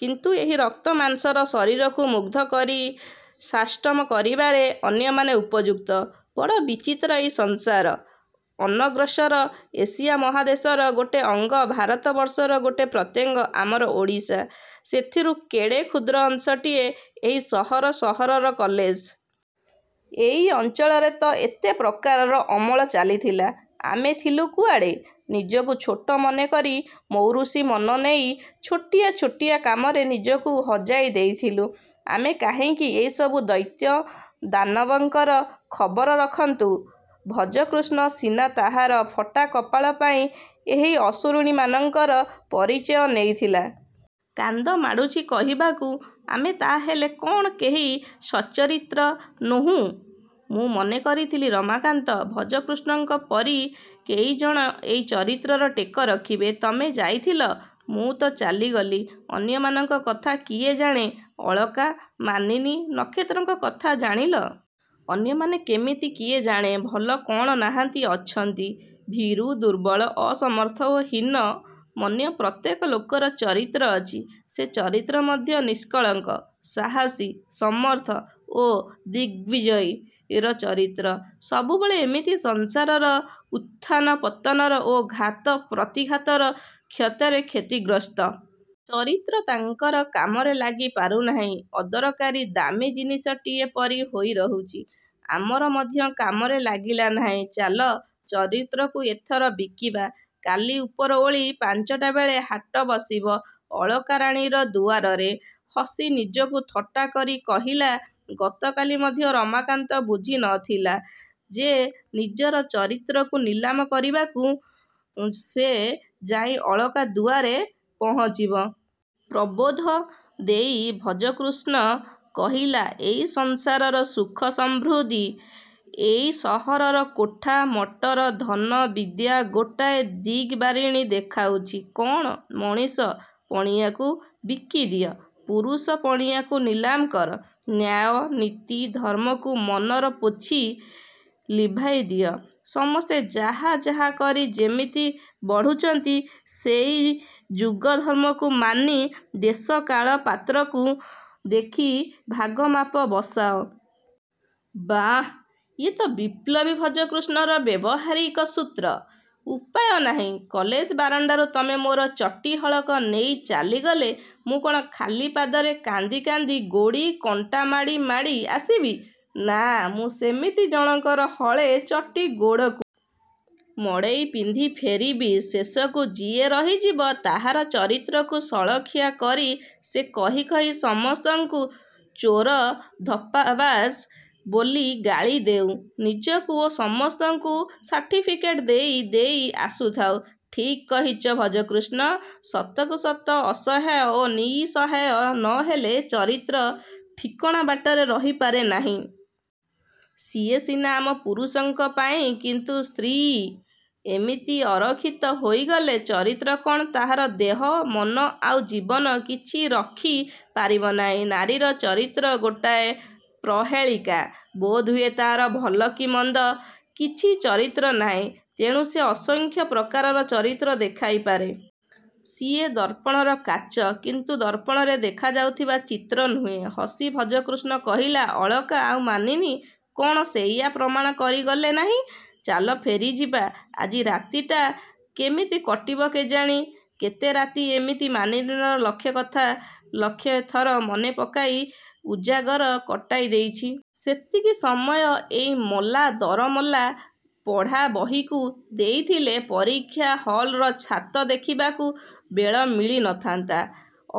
କିନ୍ତୁ ଏହି ରକ୍ତ ମାଂସର ଶରୀରକୁ ମୁଗ୍ଧ କରି ସାଷ୍ଟମ କରିବାରେ ଅନ୍ୟମାନେ ଉପଯୁକ୍ତ। -ବଡ଼ ବିଚିତ୍ର ଏଇ ସଂସାର। ଅନଗ୍ରସର ଏସିଆ ମହାଦେଶର ଗୋଟିଏ ଅଙ୍ଗ ଭାରତ ବର୍ଷର ଗୋଟିଏ ପ୍ରତ୍ୟଙ୍ଗ ଆମର ଓଡ଼ିଶା। ସେଥିରୁ କେଡ଼େ କ୍ଷୁଦ୍ର ଅଂଶଟିଏ ଏହି ସହର-ସହରର କଲେଜ। ଏଇ ଅଞ୍ଚଳରେ ତ ଏତେ ପ୍ରକାରର ଅମଳ ଚାଲିଥିଲା। ଆମେ ଥିଲୁ କୁଆଡ଼େ? -ନିଜକୁ ଛୋଟ ମନେକରି ମୌରୁଷୀ ମନ ନେଇ ଛୋଟିଆ ଛୋଟିଆ କାମରେ ନିଜକୁ ହଜାଇ ଦେଇଥିଲୁ। ଆମେ କାହିଁକି ଏଇ ସବୁ ଦୈତ୍ୟ-ଦାନବଙ୍କର ଖବର ରଖନ୍ତୁ-ଭଜକୃଷ୍ଣ ସିନା ତାହାର ଫଟା କପାଳ ପାଇଁ ଏହି ଅସୁରୁଣୀମାନଙ୍କର ପରିଚୟ ନେଇଥିଲା। -କାନ୍ଦ ମାଡ଼ୁଛି କହିବାକୁ। ଆମେ ତାହାହେଲେ କ'ଣ କେହି ସଚ୍ଚରିତ୍ର ନୋହୁଁ? ମୁଁ ମନେ କରିଥିଲି ରମାକାନ୍ତ, ଭଜକୃଷ୍ଣଙ୍କ ପରି କେଇଜଣ ଏଇ ଚରିତ୍ରର ଟେକ ରଖିବେ-ତମେ ଯାଇଥିଲ। ମୁଁ ତ ଚାଲିଗଲି। ଅନ୍ୟମାନଙ୍କ କଥା କିଏ ଜାଣେ? ଅଳକା, ମାନିନୀ, ନକ୍ଷତ୍ରଙ୍କ କଥା ଜାଣିଲ। ଅନ୍ୟମାନେ କେମିତି କିଏ ଜାଣେ? ଭଲ କ'ଣ ନାହାନ୍ତି? -ଅଛନ୍ତି। ଭୀରୁ, ଦୁର୍ବଳ, ଅସମର୍ଥ ଓ ହୀନ-ମନ୍ୟ ପ୍ରତ୍ୟେକ ଲୋକର ଚରିତ୍ର ଅଛି। ସେ ଚରିତ୍ର ମଧ୍ୟ ନିଷ୍କଳଙ୍କ। ସାହସୀ, ସମର୍ଥ ଓ ଦିଗ୍ବିଜୟୀର ଚରିତ୍ର ସବୁବେଳେ ଏମିତି ସଂସାରର ଉତ୍ଥାନ-ପତନର ଓ ଘାତ-ପ୍ରତିଘାତର କ୍ଷତରେ କ୍ଷତିଗ୍ରସ୍ତ। ଚରିତ୍ର ତାଙ୍କର କାମରେ ଲାଗି ପାରୁନାହିଁ। ଅଦରକାରୀ ଦାମୀ ଜିନିଷଟିଏ ପରି ହୋଇ ରହୁଛି। ଆମର ମଧ୍ୟ କାମରେ ଲାଗିଲା ନାହିଁ। -ଚାଲ, ଚରିତ୍ରକୁ ଏଥର ବିକିବା। କାଲି ଉପରଓଳି ପାଞ୍ଚଟା ବେଳେ ହାଟ ବସିବ ଅଳକାରାଣୀର ଦୁଆରରେ। ହସି ନିଜକୁ ଥଟ୍ଟାକରି କହିଲା-ଗତକାଲି ମଧ୍ୟ ରମାକାନ୍ତ ବୁଝି ନ ଥିଲା ଯେ ନିଜର ଚରିତ୍ରକୁ ନିଲାମ କରିବାକୁ ସେ ଯାଇ ଅଳକା ଦୁଆରେ ପହଞ୍ଚିବ। ପ୍ରବୋଧ ଦେଇ ଭଜକୃଷ୍ଣ କହିଲା-ଏଇ ସଂସାରର ସୁଖ ସମୃଦ୍ଧି-ଏଇ ସହରର କୋଠା, ମଟର, ଧନ, ବିଦ୍ୟା ଗୋଟାଏ ଦିଗବାରିଣି ଦେଖାଉଛି। -କଣ? -ମଣିଷ-ପଣିଆକୁ ବିକିଦିଅ। ପୁରୁଷ-ପଣିଆକୁ ନିଲାମ କର। ନ୍ୟାୟ, ନୀତି, ଧର୍ମ୍ମକୁ ମନରୁ ପୋଛି ଲିଭାଇ ଦିଅ। ସମସ୍ତେ ଯାହା ଯାହା କରି ଯେମିତି ବଢ଼ୁଛନ୍ତି ସେହି ଯୁଗଧର୍ମ୍ମକୁ ମାନି ଦେଶ କାଳ-ପାତ୍ରକୁ ଦେଖି ଭାଗ ମାପ ବସାଅ। -ବାଃ, ଇଏତ ବିପ୍ଳବୀ ଭଜକୃଷ୍ଣର ବ୍ୟବହାରିକ ସୂତ୍ର। -ଉପାୟ ନାହିଁ। କଲେଜ ବାରଣ୍ଡାରୁ ତମେ ମୋର ଚଟି ହଳକ ନେଇ ଚାଲିଗଲେ ମୁଁ କ'ଣ ଖାଲି ପାଦରେ କାନ୍ଦି କାନ୍ଦି ଗୋଡ଼ି, କଣ୍ଟା ମାଡ଼ି ମାଡ଼ି ଆସିବି? -ନା,-ମୁଁ ସେମିତି ଜଣକର ହଳେ ଚଟି ଗୋଡ଼କୁ। ମଡ଼େଇ ପିନ୍ଧି ଫେରିବି? -ଶେଷକୁ ଯିଏ ରହିଯିବ। -ତାହାର ଚରିତ୍ରକୁ ସଳଖିଆ କରି ସେ କହି କହି ସମସ୍ତଙ୍କୁ ଚୋର-ଧପ୍ପାବାଜ ବୋଲି ଗାଳି ଦେଉ, ନିଜକୁ ଓ ସମସ୍ତଙ୍କୁ ସାର୍ଟିଫିକେଟ୍ ଦେଇ ଦେଇ ଆସୁଥାଉ। -ଠିକ୍ କହିଚ ଭଜକୃଷ୍ଣ। ସତକୁ ସତ ଅସହାୟ ଓ ନିସହାୟ ନ ହେଲେ ଚରିତ୍ର ଠିକଣା ବାଟରେ ରହିପାରେ ନାହିଁ। ସିଏ ସିନା ଆମ ପୁରୁଷଙ୍କ ପାଇଁ। କିନ୍ତୁ ସ୍ତ୍ରୀ ଏମିତି ଅରଖିତ ହେଇଗଲେ ଚରିତ୍ର କ'ଣ-ତାହାର ଦେହ, ମନ ଆଉ ଜୀବନ-କିଛି ରଖି ପାରିବ ନାହିଁ। ନାରୀର ଚରିତ୍ର ଗୋଟାଏ ପ୍ରହେଳିକା। -ବୋଧହୁଏ ତାହାର ଭଲ କି ମନ୍ଦ କିଛି ଚରିତ୍ର ନାହିଁ। ତେଣୁ ସେ ଅସଂଖ୍ୟ ପ୍ରକାରର ଚରିତ୍ର ଦେଖାଇ ପାରେ। -ସିଏ ଦର୍ପଣର କାଚ; କିନ୍ତୁ ଦର୍ପଣରେ ଦେଖାଯାଉଥିବା ଚିତ୍ର ନୁହେଁ। ହସି ଭଜକୃଷ୍ଣ କହିଲା। ଅଳକା ଆଉ ମାନିନୀ, କ'ଣ ସେଇଆ ପ୍ରମାଣ କରିଗଲେ ନାହିଁ? -ଚାଲ ଫେରିଯିବା। ଆଜି ରାତିଟା କେମିତି କଟିବ କେଜାଣି? -କେତେ ରାତି ଏମିତି ମାନିନୀର ଲକ୍ଷେ କଥା ଲକ୍ଷେ ଥର ମନେ ପକାଇ ଉଜାଗର କଟାଇ ଦେଇଛି। ସେତିକି ସମୟ ଏଇ ମଲା ଦରମଲା ପଢ଼ା ବହିଙ୍କୁ ଦେଇଥିଲେ ପରୀକ୍ଷା ହଲର ଛାତ ଦେଖିବାକୁ ବେଳ ମିଳି ନ ଥାନ୍ତା।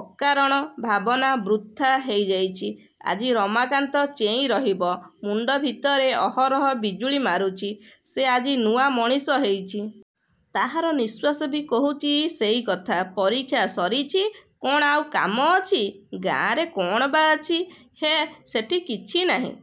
ଅକାରଣ ଭାବନା ବୃଥା ହେଇଯାଇଛି। -ଆଜି ରମାକାନ୍ତ ଚେଇଁ ରହିବ। ମୁଣ୍ଡ ଭିତରେ ଅହରହ ବିଜୁଳି ମାରୁଛି। ସେ ଆଜି ନୂଆ ମଣିଷ ହେଇଛି। ତାହାର ନିଶ୍ୱାସ ବି କହୁଛି ସେଇ କଥା। ପରୀକ୍ଷା ସରିଛି। କ'ଣ ଆଉ କାମ ଅଛି? ଗାଁରେ କ'ଣ ବା ଅଛି? -ହେ, ସେଠି କିଛି ନାହିଁ।